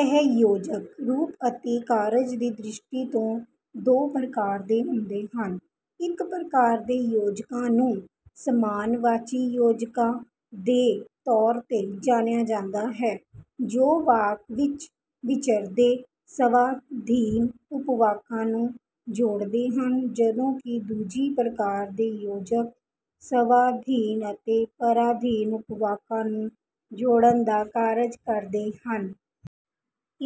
ਇਹ ਯੋਜਕ ਰੂਪ ਅਤੇ ਕਾਰਜ ਦੀ ਦ੍ਰਿਸ਼ਟੀ ਤੋਂ ਦੋ ਪ੍ਰਕਾਰ ਦੇ ਹੁੰਦੇ ਹਨ। ਇੱਕ ਪ੍ਰਕਾਰ ਦੇ ਯੋਜਕਾਂ ਨੂੰ ਸਮਾਨਵਾਚੀ ਯੋਜਕਾਂ ਦੇ ਤੌਰ 'ਤੇ ਜਾਣਿਆ ਜਾਂਦਾ ਹੈ, ਜੋ ਵਾਕ ਵਿੱਚ ਵਿਚਰਦੇ ਸਵਾਧੀਨ ਉਪਵਾਕਾਂ ਨੂੰ ਜੋੜਦੇ ਹਨ, ਜਦੋਂ ਕਿ ਦੂਜੀ ਪ੍ਰਕਾਰ ਦੇ ਯੋਜਕ ਸਵਾਧੀਨ ਅਤੇ ਪਰਾਧੀਨ ਉਪਵਾਕਾਂ ਨੂੰ ਜੋੜਨ ਦਾ ਕਾਰਜ ਕਰਦੇ ਹਨ।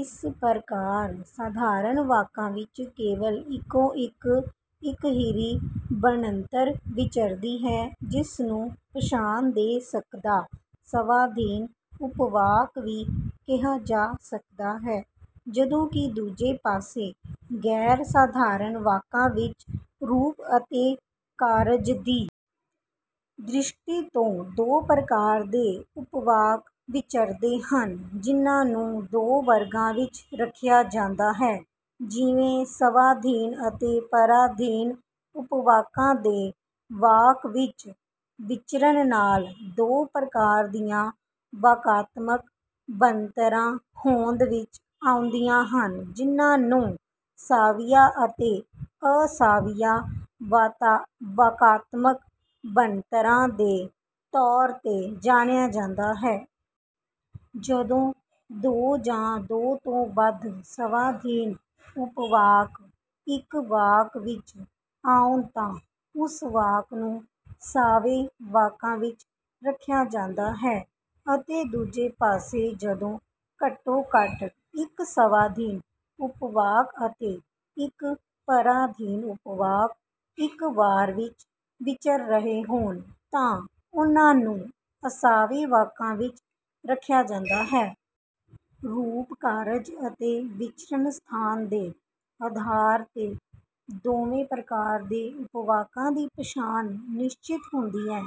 ਇਸ ਪ੍ਰਕਾਰ ਸਧਾਰਨ ਵਾਕਾਂ ਵਿੱਚ ਕੇਵਲ ਇੱਕੋ-ਇੱਕ ਇਕਹਿਰੀ ਬਣਤਰ ਵਿਚਰਦੀ ਹੈ, ਜਿਸਨੂੰ ਪਛਾਣ ਦੇ ਸਦਕਾ ਸਵਾਧੀਨ ਉਪਵਾਕ ਵੀ ਕਿਹਾ ਜਾ ਸਕਦਾ ਹੈ, ਜਦੋਂ ਕਿ ਦੂਜੇ ਪਾਸੇ ਗੈਰ-ਸਧਾਰਨ ਵਾਕਾਂ ਵਿੱਚ ਰੂਪ ਅਤੇ ਕਾਰਜ ਦੀ ਦ੍ਰਿਸ਼ਟੀ ਤੋਂ ਦੋ ਪ੍ਰਕਾਰ ਦੇ ਉਪਵਾਕ ਵਿਚਰਦੇ ਹਨ, ਜਿਨ੍ਹਾਂ ਨੂੰ ਦੋ ਵਰਗਾਂ ਵਿੱਚ ਰੱਖਿਆ ਜਾਂਦਾ ਹੈ, ਜਿਵੇਂ; ਸਵਾਧੀਨ ਅਤੇ ਪਰਾਧੀਨ ਉਪਵਾਕਾਂ ਦੇ ਵਾਕ ਵਿੱਚ ਵਿਚਰਨ ਨਾਲ ਦੋ ਪ੍ਰਕਾਰ ਦੀਆਂ ਵਾਕਾਤਮਕ ਬਣਤਰਾਂ ਹੋਂਦ ਵਿੱਚ ਆਉਂਦੀਆਂ ਹਨ, ਜਿਨ੍ਹਾਂ ਨੂੰ ਸਾਵੀਆਂ ਅਤੇ ਅਸਾਵੀਆਂ ਵਾਕਾਤਮਕ ਬਣਤਰਾਂ ਦੇ ਤੌਰ 'ਤੇ ਜਾਣਿਆ ਜਾਂਦਾ ਹੈ। ਜਦੋਂ ਦੋ ਜਾਂ ਦੋ ਤੋਂ ਵੱਧ ਸਵਾਧੀਨ ਉਪਵਾਕ ਇੱਕ ਵਾਕ ਵਿੱਚ ਆਉਣ ਤਾਂ ਉਸ ਵਾਕ ਨੂੰ ਸਾਵੇਂ ਵਾਕਾਂ ਵਿੱਚ ਰੱਖਿਆ ਜਾਂਦਾ ਹੈ, ਅਤੇ ਦੂਜੇ ਪਾਸੇ ਜਦੋਂ ਘੱਟੋ-ਘੱਟ ਇੱਕ ਸਵਾਧੀਨ ਉਪਵਾਕ ਅਤੇ ਇੱਕ ਪਰਾਧੀਨ ਉਪਵਾਕ ਇੱਕ ਵਾਕ ਵਿੱਚ ਵਿਚਰ ਰਹੇ ਹੋਣ ਤਾਂ ਉਨ੍ਹਾਂ ਨੂੰ ਅਸਾਵੇਂ ਵਾਕਾਂ ਵਿੱਚ ਰੱਖਿਆ ਜਾਂਦਾ ਹੈ। ਰੂਪ, ਕਾਰਜ ਅਤੇ ਵਿਚਰਨ ਸਥਾਨ ਦੇ ਆਧਾਰ 'ਤੇ ਦੋਵੇਂ ਪ੍ਰਕਾਰ ਦੇ ਉਪਵਾਕਾਂ ਦੀ ਪਛਾਣ ਨਿਸ਼ਚਿਤ ਹੁੰਦੀ ਹੈ।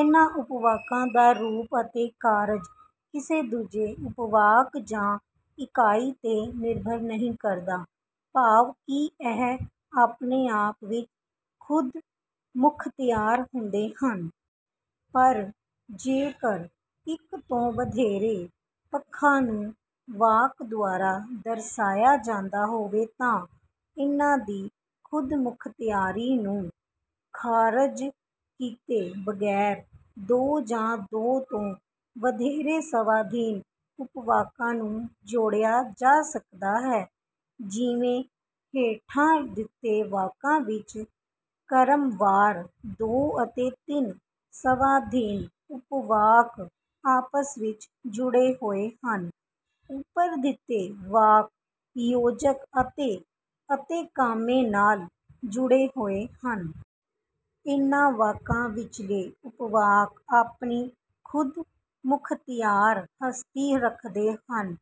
ਇਨ੍ਹਾਂ ਉਪਵਾਕਾਂ ਦਾ ਰੂਪ ਅਤੇ ਕਾਰਜ ਕਿਸੇ ਦੂਜੇ ਉਪਵਾਕ ਜਾਂ ਇਕਾਈ 'ਤੇ ਨਿਰਭਰ ਨਹੀਂ ਕਰਦਾ, ਭਾਵ ਕਿ ਇਹ ਆਪਣੇ ਆਪ ਵਿੱਚ ਖ਼ੁਦਮੁਖਤਿਆਰ ਹੁੰਦੇ ਹਨ। ਪਰ ਜੇਕਰ ਇੱਕ ਤੋਂ ਵਧੇਰੇ ਪੱਖਾਂ ਨੂੰ ਵਾਕ ਦੁਆਰਾ ਦਰਸਾਇਆ ਜਾਣਾ ਹੋਵੇ ਤਾਂ ਇਨ੍ਹਾਂ ਦੀ ਖ਼ੁਦਮੁਖਤਿਆਰੀ ਨੂੰ ਖਾਰਜ ਕੀਤੇ ਬਗੈਰ ਦੋ ਜਾਂ ਦੋ ਤੋਂ ਵਧੇਰੇ ਸਵਾਧੀਨ ਉਪਵਾਕਾਂ ਨੂੰ ਜੋੜਿਆ ਜਾ ਸਕਦਾ ਹੈ; ਜਿਵੇਂ ਹੇਠਾਂ ਦਿੱਤੇ ਵਾਕਾਂ ਵਿੱਚ ਕ੍ਰਮਵਾਰ ਦੋ ਅਤੇ ਤਿੰਨ ਸਵਾਧੀਨ ਉਪਵਾਕ ਆਪਸ ਵਿੱਚ ਜੁੜੇ ਹੋਏ ਹਨ; ਉੱਪਰ ਦਿੱਤੇ ਵਾਕ ਯੋਜਕ ਅਤੇ ਅਤੇ ਕਾਮੇ ਨਾਲ ਜੁੜੇ ਹੋਏ ਹਨ। ਇਨ੍ਹਾਂ ਵਾਕਾਂ ਵਿਚਲੇ ਉਪਵਾਕ ਆਪਣੀ ਖ਼ੁਦਮੁਖਤਿਆਰ ਹਸਤੀ ਰੱਖਦੇ ਹਨ,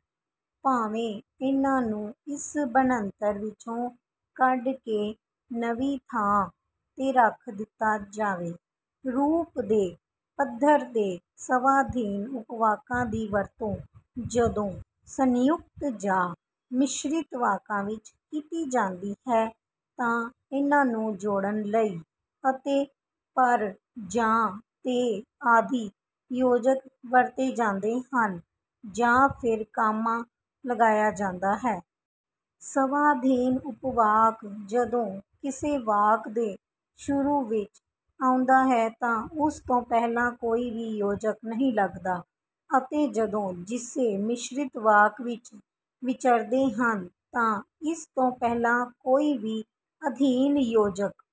ਭਾਵੇਂ ਇਨ੍ਹਾਂ ਨੂੰ ਇਸ ਬਣਤਰ ਵਿੱਚੋਂ ਕੱਢ ਕੇ ਨਵੀਂ ਥਾਂ 'ਤੇ ਰੱਖ ਦਿੱਤਾ ਜਾਵੇ। ਰੂਪ ਦੇ ਪੱਧਰ 'ਤੇ ਸਵਾਧੀਨ ਉਪਵਾਕਾਂ ਦੀ ਵਰਤੋਂ ਜਦੋਂ ਸੰਯੁਕਤ ਜਾਂ ਮਿਸ਼ਰਿਤ ਵਾਕਾਂ ਵਿੱਚ ਕੀਤੀ ਜਾਂਦੀ ਹੈ ਤਾਂ ਇਨ੍ਹਾਂ ਨੂੰ ਜੋੜਨ ਲਈ ਅਤੇ, ਪਰ, ਜਾਂ, ਤੇ ਆਦਿ ਯੋਜਕ ਵਰਤੇ ਜਾਂਦੇ ਹਨ ਜਾਂ ਫਿਰ ਕਾਮਾ ਲਗਾਇਆ ਜਾਂਦਾ ਹੈ। ਸਵਾਧੀਨ ਉਪਵਾਕ ਜਦੋਂ ਕਿਸੇ ਵਾਕ ਦੇ ਸ਼ੁਰੂ ਵਿੱਚ ਆਉਂਦਾ ਹੈ ਤਾਂ ਉਸ ਤੋਂ ਪਹਿਲਾਂ ਕੋਈ ਵੀ ਯੋਜਕ ਨਹੀਂ ਲਗਦਾ, ਅਤੇ ਜਦੋਂ ਕਿਸੇ ਮਿਸ਼ਰਿਤ ਵਾਕ ਵਿੱਚ ਵਿਚਰਦੇ ਹਨ ਤਾਂ ਇਸ ਤੋਂ ਪਹਿਲਾਂ ਕੋਈ ਵੀ ਅਧੀਨ ਯੋਜਕ